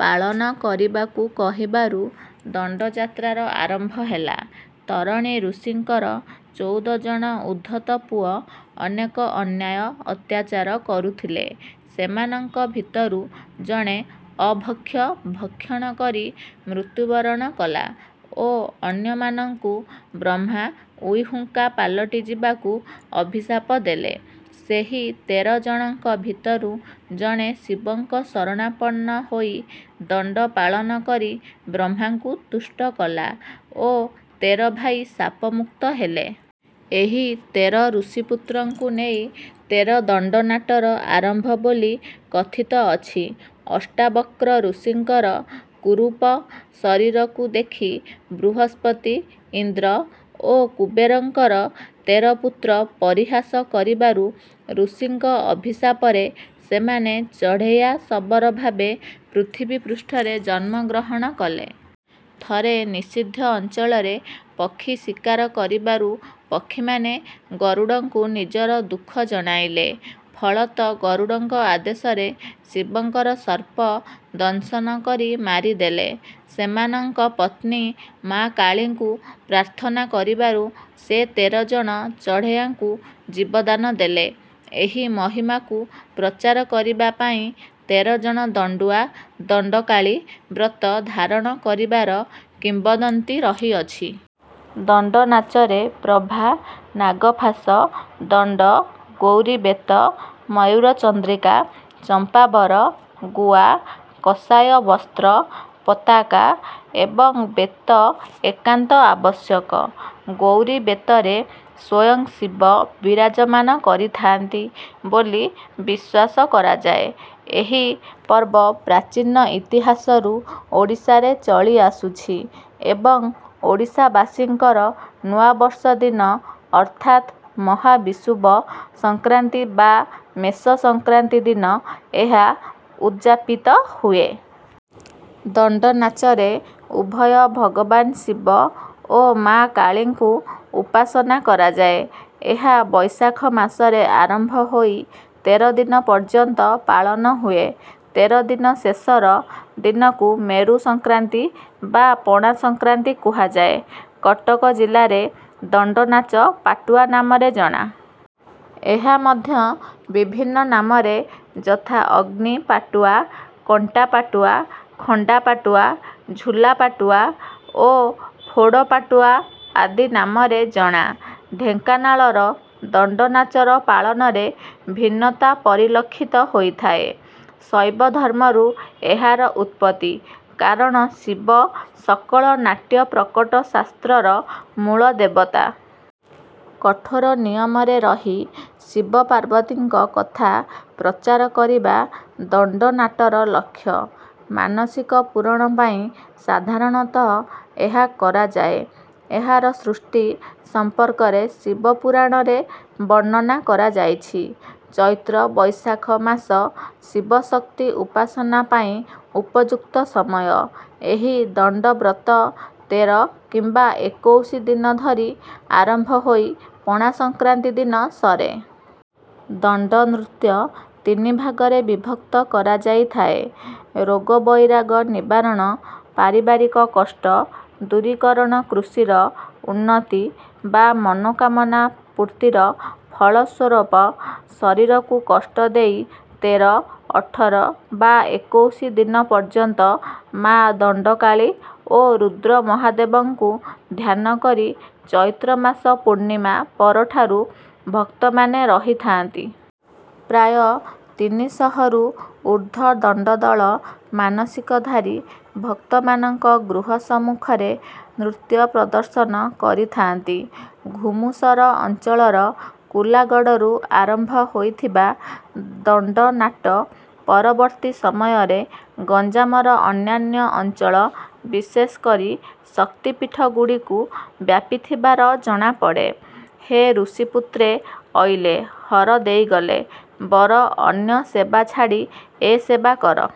ପାଳନ କରିବାକୁ କହିବାରୁ ଦଣ୍ଡଯାତ୍ରାର ଆରମ୍ଭ ହେଲା। ତରଣୀ ଋଷିଙ୍କର ଚଉଦ ଜଣ ଉଦ୍ଧତ ପୁଅ ଅନେକ ଅନ୍ୟାୟ ଅତ୍ୟାଚାର କରୁଥିଲେ। ସେମାନଙ୍କ ଭିତରୁ ଜଣେ ଅଭକ୍ଷ୍ୟ ଭକ୍ଷଣ କରି ମୃତ୍ୟୁବରଣ କଲା ଓ ଅନ୍ୟମାନଙ୍କୁ ବ୍ରହ୍ମା ଉଇହୁଙ୍କା ପାଲଟି ଯିବାକୁ ଅଭିଶାପ ଦେଲେ। ସେହି ତେର ଜଣଙ୍କ ଭିତରୁ ଜଣେ ଶିବଙ୍କ ଶରଣାପନ୍ନ ହୋଇ ଦଣ୍ଡ ପାଳନ କରି ବ୍ରହ୍ମାଙ୍କୁ ତୁଷ୍ଟ କଲା ଓ ତେର ଭାଇ ଶାପମୁକ୍ତ ହେଲେ। ଏହି ତେର ଋଷିପୁତ୍ରଙ୍କୁ ନେଇ ତେର ଦଣ୍ଡନାଟର ଆରମ୍ଭ ବୋଲି କଥିତ ଅଛି। ଅଷ୍ଟାବକ୍ର ଋଷିଙ୍କର କୁରୂପ ଶରୀରକୁ ଦେଖି ବୃହସ୍ପତି ଇନ୍ଦ୍ର ଓ କୁବେରଙ୍କର ତେର ପୁତ୍ର ପରିହାସ କରିବାରୁ ଋଷିଙ୍କ ଅଭିଶାପରେ ସେମାନେ ଚଢ଼େୟା ଶବର ଭାବେ ପୃଥିବୀ ପୃଷ୍ଠରେ ଜନ୍ମ ଗ୍ରହଣ କଲେ। ଥରେ ନିଷିଦ୍ଧ ଅଞ୍ଚଳରେ ପକ୍ଷୀ ଶିକାର କରିବାରୁ ପକ୍ଷୀମାନେ ଗରୁଡ଼ଙ୍କୁ ନିଜର ଦୁଃଖ ଜଣାଇଲେ। ଫଳତଃ ଗରୁଡ଼ଙ୍କ ଆଦେଶରେ ଶିବଙ୍କର ସର୍ପ ଦଂଶନ କରି ମାରିଦେଲେ। ସେମାନଙ୍କ ପତ୍ନୀ ମାଆ କାଳୀଙ୍କୁ ପ୍ରାର୍ଥନା କରିବାରୁ ସେ ତେର ଜଣ ଚଢ଼େୟାଙ୍କୁ ଜୀବଦାନ ଦେଲେ। ଏହି ମହିମାକୁ ପ୍ରଚାର କରିବା ପାଇଁ ତେର ଜଣ ଦଣ୍ଡୁଆ ଦଣ୍ଡକାଳୀ ବ୍ରତ ଧାରଣ କରିବାର କିମ୍ବଦନ୍ତୀ ରହିଅଛି। ଦଣ୍ଡନାଚରେ ପ୍ରଭା ନାଗ ଫାସ ଦଣ୍ଡ ଗୌରୀବେତ ମୟୂରଚନ୍ଦ୍ରିକା ଚମ୍ପାବର ଗୁଆ କଷାୟବସ୍ତ୍ର ପତାକା ଏବଂ ବେତ ଏକାନ୍ତ ଆବଶ୍ୟକ। ଗୌରୀବେତରେ ସ୍ୱୟଂ ଶିବ ବିରାଜମାନ କରିଥାନ୍ତି ବୋଲି ବିଶ୍ୱାସ କରାଯାଏ। ଏହି ପର୍ବ ପ୍ରାଚୀନ ଇତିହାସରୁ ଓଡ଼ିଶାରେ ଚଳି ଆସୁଛି ଏବଂ ଓଡ଼ିଶାବାସୀଙ୍କର ନୂଆ ବର୍ଷ ଦିନ ଅର୍ଥାତ୍ ମହାବିଷୁବ ସଂକ୍ରାନ୍ତି ବା ମେଷ ସଂକ୍ରାନ୍ତି ଦିନ ଏହା ଉଦଯାପିତ ହୁଏ। ଦଣ୍ଡନାଚରେ ଉଭୟ ଭଗବାନ ଶିବ ଓ ମାଆ କାଳୀଙ୍କୁ ଉପାସନା କରାଯାଏ। ଏହା ବୈଶାଖ ମାସରେ ଆରମ୍ଭ ହୋଇ ତେର ଦିନ ପର୍ଯ୍ୟନ୍ତ ପାଳନ ହୁଏ। ତେର ଦିନ ଶେଷର ଦିନକୁ ମେରୁ ସଂକ୍ରାନ୍ତି ବା ପଣା ସଂକ୍ରାନ୍ତି କୁହାଯାଏ। କଟକ ଜିଲ୍ଲାରେ ଦଣ୍ଡନାଚ ପାଟୁଆ ନାମରେ ଜଣା। ଏହା ମଧ୍ୟ ବିଭିନ୍ନ ନାମରେ ଯଥା ଅଗ୍ନି ପାଟୁଆ କଣ୍ଟାପାଟୁଆ ଖଣ୍ଡା ପାଟୁଆ ଝୁଲା ପାଟୁଆ ଓ ଫୋଡ଼ ପାଟୁଆ ଆଦି ନାମରେ ଜଣା। ଢେଙ୍କାନାଳର ଦଣ୍ଡନାଚର ପାଳନରେ ଭିନ୍ନତା ପରିଲକ୍ଷିତ ହୋଇଥାଏ। ଶୈବ ଧର୍ମରୁ ଏହାର ଉତ୍ପତ୍ତି। କାରଣ ଶିବ ସକଳ ନାଟ୍ୟପ୍ରକଟ ଶାସ୍ତ୍ରର ମୂଳ ଦେବତା। କଠୋର ନିୟମରେ ରହି ଶିବ ପାର୍ବତୀଙ୍କ କଥା ପ୍ରଚାର କରିବା ଦଣ୍ଡନାଟର ଲକ୍ଷ୍ୟ। ମାନସିକ ପୂରଣ ପାଇଁ ସାଧାରଣତଃ ଏହା କରାଯାଏ। ଏହାର ସୃଷ୍ଟି ସମ୍ପର୍କରେ ଶିବ ପୁରାଣରେ ବର୍ଣ୍ଣନା କରାଯାଇଛି। ଚୈତ୍ର ବୈଶାଖ ମାସ ଶିବଶକ୍ତି ଉପାସନା ପାଇଁ ଉପଯୁକ୍ତ ସମୟ। ଏହି ଦଣ୍ଡବ୍ରତ ତେର କିମ୍ବା ଏକୋଇଶି ଦିନ ଧରି ଆରମ୍ଭ ହୋଇ ପଣା ସଂକ୍ରାନ୍ତି ଦିନ ସରେ। ଦଣ୍ଡନୃତ୍ୟ ତିନି ଭାଗରେ ବିଭକ୍ତ କରାଯାଇଥାଏ। ରୋଗବଇରାଗ ନିବାରଣ ପାରିବାରିକ କଷ୍ଟ ଦୂରୀକରଣ କୃଷିର ଉନ୍ନତି ବା ମନୋକାମନା ପୂର୍ତ୍ତିର ଫଳ ସ୍ୱରୂପ ଶରୀରକୁ କଷ୍ଟ ଦେଇ ତେର ଅଠର ବା ଏକୋଇଶି ଦିନ ପର୍ଯ୍ୟନ୍ତ ମାଆ ଦଣ୍ଡକାଳୀ ଓ ରୁଦ୍ର ମହାଦେବଙ୍କୁ ଧ୍ୟାନ କରି ଚୈତ୍ରମାସ ପୂର୍ଣ୍ଣିମା ପରଠାରୁ ଭକ୍ତମାନେ ରହିଥାନ୍ତି। ପ୍ରାୟ ତିନିଶହରୁ ଊର୍ଦ୍ଧ୍ୱ ଦଣ୍ଡଦଳ ମାନସିକଧାରୀ ଭକ୍ତମାନଙ୍କ ଗୃହ ସମ୍ମୁଖରେ ନୃତ୍ୟ ପ୍ରଦର୍ଶନ କରିଥାନ୍ତି। ଘୁମୁସର ଅଞ୍ଚଳର କୁଲାଗଡ଼ରୁ ଆରମ୍ଭ ହୋଇଥିବା ଦଣ୍ଡନାଟ ପରବର୍ତ୍ତୀ ସମୟରେ ଗଞ୍ଜାମର ଅନ୍ୟାନ୍ୟ ଅଞ୍ଚଳ ବିଶେଷ କରି ଶକ୍ତିପୀଠଗୁଡ଼ିକୁ ବ୍ୟାପିଥିବାର ଜଣାପଡ଼େ। ହେ ଋଷିପୁତ୍ରେ ଅଇଲେ ହର ଦେଇଗଲେ ବର ଅନ୍ୟ ସେବା ଛାଡ଼ି ଏ ସେବା କର